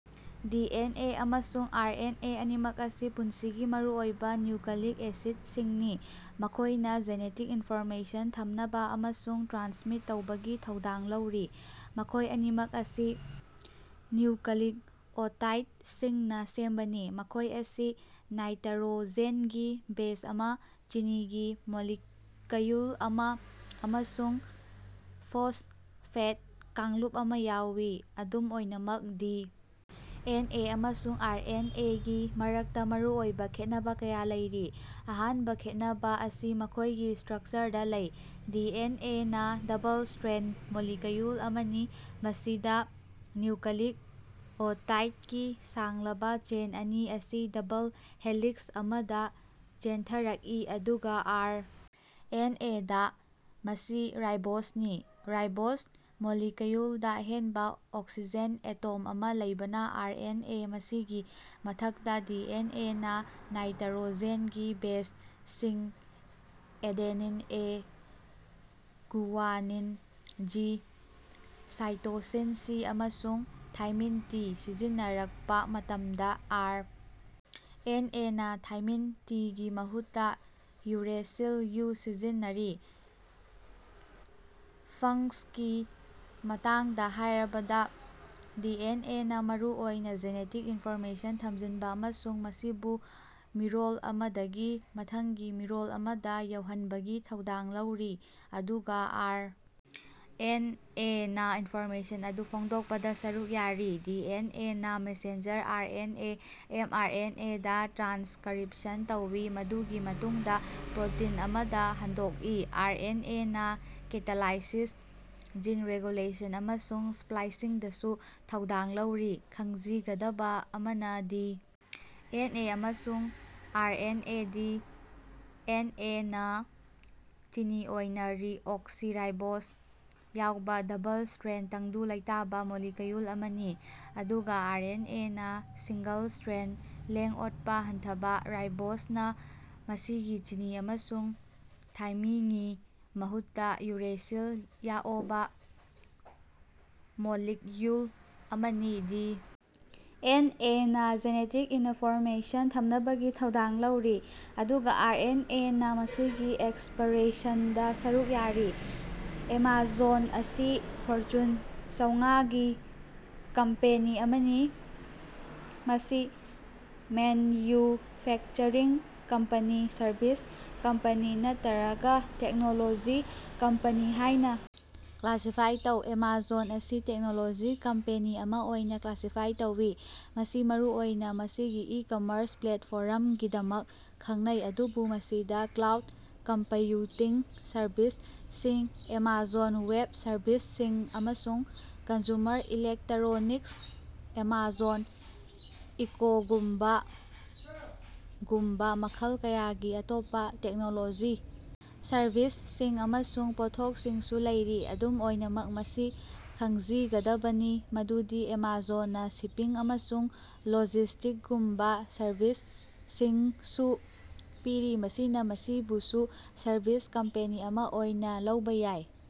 D. N. A. ꯑꯃꯁꯨꯡ R. N. A. ꯑꯅꯤꯃꯛ ꯑꯁꯤ ꯄꯨꯟꯁꯤꯒꯤ ꯃꯔꯨꯑꯣꯏꯕ ꯅ꯭ꯌꯨꯀꯂꯤꯛ ꯑꯦꯁꯤꯠꯁꯤꯡꯅꯤ, ꯃꯈꯣꯏꯅꯥ ꯖꯦꯅꯦꯇꯤꯛ ꯏꯟꯐꯣꯔꯃꯦꯁꯟ ꯊꯝꯅꯕꯥ ꯑꯃꯁꯨꯡ ꯇ꯭ꯔꯥꯟꯁꯃꯤꯠ ꯇꯧꯕꯒꯤ ꯊꯧꯗꯥꯡ ꯂꯧꯔꯤ꯫ ꯃꯈꯣꯏ ꯑꯅꯤꯃꯛ ꯑꯁꯤ ꯅ꯭ꯌꯨꯀꯂꯤꯛꯑꯣꯇꯥꯏꯗꯁꯤꯡꯅꯥ ꯁꯦꯝꯕꯅꯤ, ꯃꯈꯣꯏ ꯑꯁꯤ ꯅꯥꯏꯇꯔꯣꯖꯦꯟꯒꯤ ꯕꯦꯖ ꯑꯃ, ꯆꯤꯅꯤꯒꯤ ꯃꯣꯂꯤꯀꯌꯨꯜ ꯑꯃ ꯑꯃꯁꯨꯡ ꯐꯣꯁꯐꯦꯠ ꯀꯥꯡꯂꯨꯞ ꯑꯃ ꯌꯥꯎꯏ꯫ ꯑꯗꯨꯝ ꯑꯣꯏꯅꯃꯛ ꯗꯤ. ꯑꯦꯟ. ꯑꯦ. ꯑꯃꯁꯨꯡ ꯑꯥꯔ. ꯑꯦꯟ. ꯑꯦ. ꯒꯤ ꯃꯔꯛꯇ ꯃꯔꯨꯑꯣꯏꯕ ꯈꯦꯠꯅꯕꯥ ꯀꯌꯥ ꯂꯩꯔꯤ꯫ ꯑꯍꯥꯟꯕ ꯈꯦꯟꯅꯕꯥ ꯑꯁꯤ ꯃꯈꯣꯏꯒꯤ ꯁ꯭ꯇꯔꯛꯆꯔꯗꯥ ꯂꯩ꯫ ꯗꯤ. ꯑꯦꯟ. ꯑꯦ. ꯅꯥ ꯗꯕꯜ-ꯁ꯭ꯇꯔꯦꯟꯗ ꯃꯣꯂꯤꯀꯌꯨꯜ ꯑꯃꯅꯤ, ꯃꯁꯤꯗ ꯅ꯭ꯌꯨꯀꯂꯤꯛꯑꯣꯇꯥꯏꯗꯀꯤ ꯁꯥꯡꯂꯕ ꯆꯦꯟ ꯑꯅꯤ ꯑꯁꯤ ꯗꯕꯜ ꯍꯦꯂꯤꯛꯁ ꯑꯃꯗ ꯆꯦꯟꯊꯔꯛꯏ, ꯑꯗꯨꯒ ꯑꯥꯔ. ꯑꯦꯟ. ꯑꯦ. ꯗꯥ, ꯃꯁꯤ ꯔꯥꯏꯕꯣꯖꯅꯤ꯫ ꯔꯥꯏꯕꯣꯖ ꯃꯣꯂꯤꯀꯌꯨꯜꯗ ꯑꯍꯦꯟꯕ ꯑꯣꯛꯁꯤꯖꯦꯟ ꯑꯦꯇꯣꯝ ꯑꯃ ꯂꯩꯕꯅ ꯑꯥꯔ. ꯑꯦꯟ. ꯑꯦ. ꯃꯁꯤꯒꯤ ꯃꯊꯛꯇ, ꯗꯤ. ꯑꯦꯟ. ꯑꯦ. ꯅꯥ ꯅꯥꯏꯇꯔꯣꯖꯦꯟꯒꯤ ꯕꯦꯖꯁꯤꯡ adenine (A), guanine (G), cytosine (C), ꯑꯃꯁꯨꯡ ꯊꯥꯏꯃꯤꯟ (ꯇꯤ) ꯁꯤꯖꯤꯟꯅꯔꯛꯄꯥ ꯃꯇꯝꯗ, ꯑꯥꯔ. ꯑꯦꯟ. ꯑꯦ. ꯅꯥ ꯊꯥꯏꯃꯤꯟ (ꯇꯤ)ꯒꯤ ꯃꯍꯨꯠꯇ ꯌꯨꯔꯦꯁꯤꯜ (ꯌꯨ) ꯁꯤꯖꯤꯟꯅꯔꯤ꯫ ꯐꯉ꯭ꯀꯁꯉꯤ ꯃꯇꯥꯡꯗ ꯍꯥꯏꯔꯕꯗ, ꯗꯤ. ꯑꯦꯟ. ꯑꯦ. ꯅꯥ ꯃꯔꯨ ꯑꯣꯏꯅ ꯖꯦꯅꯦꯇꯤꯛ ꯏꯟꯐꯣꯔꯃꯦꯁꯟ ꯊꯝꯖꯤꯟꯕ ꯑꯃꯁꯨꯡ ꯃꯁꯤꯕꯨ ꯃꯤꯔꯣꯜ ꯑꯃꯗꯒꯤ ꯃꯊꯪꯒꯤ ꯃꯤꯔꯣꯜ ꯑꯃꯗ ꯌꯧꯍꯟꯕꯒꯤ ꯊꯧꯗꯥꯡ ꯂꯧꯔꯤ, ꯑꯗꯨꯒ ꯑꯥꯔ. ꯑꯦꯟ. ꯑꯦ. ꯅꯥ ꯏꯟꯐꯣꯔꯃꯦꯁꯟ ꯑꯗꯨ ꯐꯣꯡꯗꯣꯛꯄꯗ ꯁꯔꯨꯛ ꯌꯥꯔꯤ꯫ ꯗꯤ. ꯑꯦꯟ. ꯑꯦ. ꯅꯥ messenger R. N. A. (M. R. N. ꯑꯦ.)ꯗꯥ ꯇ꯭ꯔꯥꯟꯁꯀꯔꯤꯞꯁꯟ ꯇꯧꯏ, ꯃꯗꯨꯒꯤ ꯃꯇꯨꯡꯗꯥ ꯄ꯭ꯔꯣꯇꯤꯟ ꯑꯃꯗ ꯍꯟꯗꯣꯛꯏ꯫ ꯑꯥꯔ. ꯑꯦꯟ. ꯑꯦ. ꯅꯥ ꯀꯦꯇꯥꯂꯥꯏꯁꯤꯁ, ꯖꯤꯟ ꯔꯦꯒꯨꯂꯦꯁꯟ ꯑꯃꯁꯨꯡ ꯁ꯭ꯄꯂꯥꯏꯁꯤꯡꯗꯁꯨ ꯊꯧꯗꯥꯡ ꯂꯧꯔꯤ꯫ ꯈꯪꯖꯤꯒꯗꯕꯥ ꯑꯃꯅ, ꯗꯤ. ꯑꯦꯟ. ꯑꯦ. ꯑꯃꯁꯨꯡ R. N. A. D. N. A. ꯅꯥ ꯆꯤꯅꯤ ꯑꯣꯏꯅ ꯗꯤꯑꯣꯛꯁꯤꯔꯥꯏꯕꯣꯖ ꯌꯥꯎꯕ ꯗꯕꯜ-ꯁ꯭ꯇꯔꯦꯟꯗ, ꯇꯪꯗꯨ ꯂꯩꯇꯥꯕ ꯃꯣꯂꯤꯀꯌꯨꯜ ꯑꯃꯅꯤ, ꯑꯗꯨꯒ ꯑꯥꯔ. ꯑꯦꯟ. ꯑꯦ. ꯅꯥ ꯁꯤꯡꯒꯜ-ꯁ꯭ꯇꯔꯦꯟꯗ, ꯂꯦꯡ-ꯑꯣꯠꯄꯥ ꯍꯟꯊꯕꯥ, ꯔꯥꯏꯕꯣꯖꯅ ꯃꯁꯤꯒꯤ ꯆꯤꯅꯤ ꯑꯃꯁꯨꯡ ꯊꯥꯏꯃꯤꯉꯤ ꯃꯍꯨꯠꯇꯥ ꯌꯨꯔꯦꯁꯤꯜ ꯌꯥꯑꯣꯕꯥ ꯃꯣꯂꯤꯛꯌꯨꯜ ꯑꯃꯅꯤ꯫ ꯗꯤ. ꯑꯦꯟ. ꯑꯦ. ꯅꯥ ꯖꯦꯅꯦꯇꯤꯛ ꯏꯅꯐꯣꯔꯃꯦꯁꯟ ꯊꯝꯅꯕꯒꯤ ꯊꯧꯗꯥꯡ ꯂꯧꯔꯤ, ꯑꯗꯨꯒ ꯑꯥꯔ. ꯑꯦꯟ. ꯑꯦ. ꯅꯥ ꯃꯁꯤꯒꯤ ꯑꯦꯛꯁꯄꯔꯦꯁꯟꯗꯥ ꯁꯔꯨꯛ ꯌꯥꯔꯤ꯫ ꯑꯦꯃꯥꯖꯣꯟ ꯑꯁꯤ ꯐꯣꯔꯆꯨꯟ ꯆꯧꯉꯥ ꯒꯤ ꯀꯝꯄꯦꯅꯤ ꯑꯃꯅꯤ꯫ ꯃꯁꯤ ꯃꯦꯟꯌꯨꯐꯦꯛꯆꯔꯤꯡ ꯀꯝꯄꯅꯤ, ꯁꯔꯚꯤꯁ ꯀꯝꯄꯅꯤ ꯅꯠꯇꯔꯒ ꯇꯦꯛꯅꯣꯂꯣꯖꯤ ꯀꯝꯄꯅꯤ ꯍꯥꯏꯅ ꯀ꯭ꯂꯥꯁꯤꯐꯥꯏ ꯇꯧ꯫ ꯑꯦꯃꯥꯖꯣꯟ ꯑꯁꯤ ꯇꯦꯛꯅꯣꯂꯣꯖꯤ ꯀꯝꯄꯦꯅꯤ ꯑꯃ ꯑꯣꯏꯅ ꯀ꯭ꯂꯥꯁꯤꯐꯥꯏ ꯇꯧꯏ꯫ ꯃꯁꯤ ꯃꯔꯨꯑꯣꯏꯅ ꯃꯁꯤꯒꯤ ꯏ-ꯀꯃꯔꯁ ꯄ꯭ꯂꯦꯠꯐꯣꯔꯝꯒꯤꯗꯃꯛ ꯈꯪꯅꯩ, ꯑꯗꯨꯕꯨ ꯃꯁꯤꯗ ꯀ꯭ꯂꯥꯎꯗ ꯀꯝꯄꯌꯨꯇꯤꯡ ꯁꯔꯚꯤꯁꯁꯤꯡ (ꯑꯦꯃꯥꯖꯣꯟ ꯋꯦꯕ ꯁꯔꯕꯤꯁꯁꯤꯡ) ꯑꯃꯁꯨꯡ ꯀꯟꯖꯨꯃꯔ ꯏꯂꯦꯛꯇꯔꯣꯅꯤꯛꯁ (ꯑꯦꯃꯥꯖꯣꯟ ꯏꯀꯣꯒꯨꯝꯕꯥ)ꯒꯨꯝꯕꯥ ꯃꯈꯜ ꯀꯌꯥꯒꯤ ꯑꯇꯣꯞꯄꯥ ꯇꯦꯛꯅꯣꯂꯣꯖꯤ ꯁꯔꯚꯤꯁꯁꯤꯡ ꯑꯃꯁꯨꯡ ꯄꯣꯠꯊꯣꯛꯁꯤꯡꯁꯨ ꯂꯩꯔꯤ꯫ ꯑꯗꯨꯝ ꯑꯣꯏꯅꯃꯛ, ꯃꯁꯤ ꯈꯪꯖꯤꯒꯗꯕꯅꯤ ꯃꯗꯨꯗꯤ ꯑꯦꯃꯥꯖꯣꯟꯅꯥ ꯁꯤꯄꯤꯡ ꯑꯃꯁꯨꯡ ꯂꯣꯖꯤꯁ꯭ꯇꯤꯛꯒꯨꯝꯕꯥ ꯁꯔꯚꯤꯁꯁꯤꯡꯁꯨ ꯄꯤꯔꯤ, ꯃꯁꯤꯅ ꯃꯁꯤꯕꯨꯁꯨ ꯁꯔꯚꯤꯁ ꯀꯝꯄꯦꯅꯤ ꯑꯃ ꯑꯣꯏꯅ ꯂꯧꯕ ꯌꯥꯏ꯫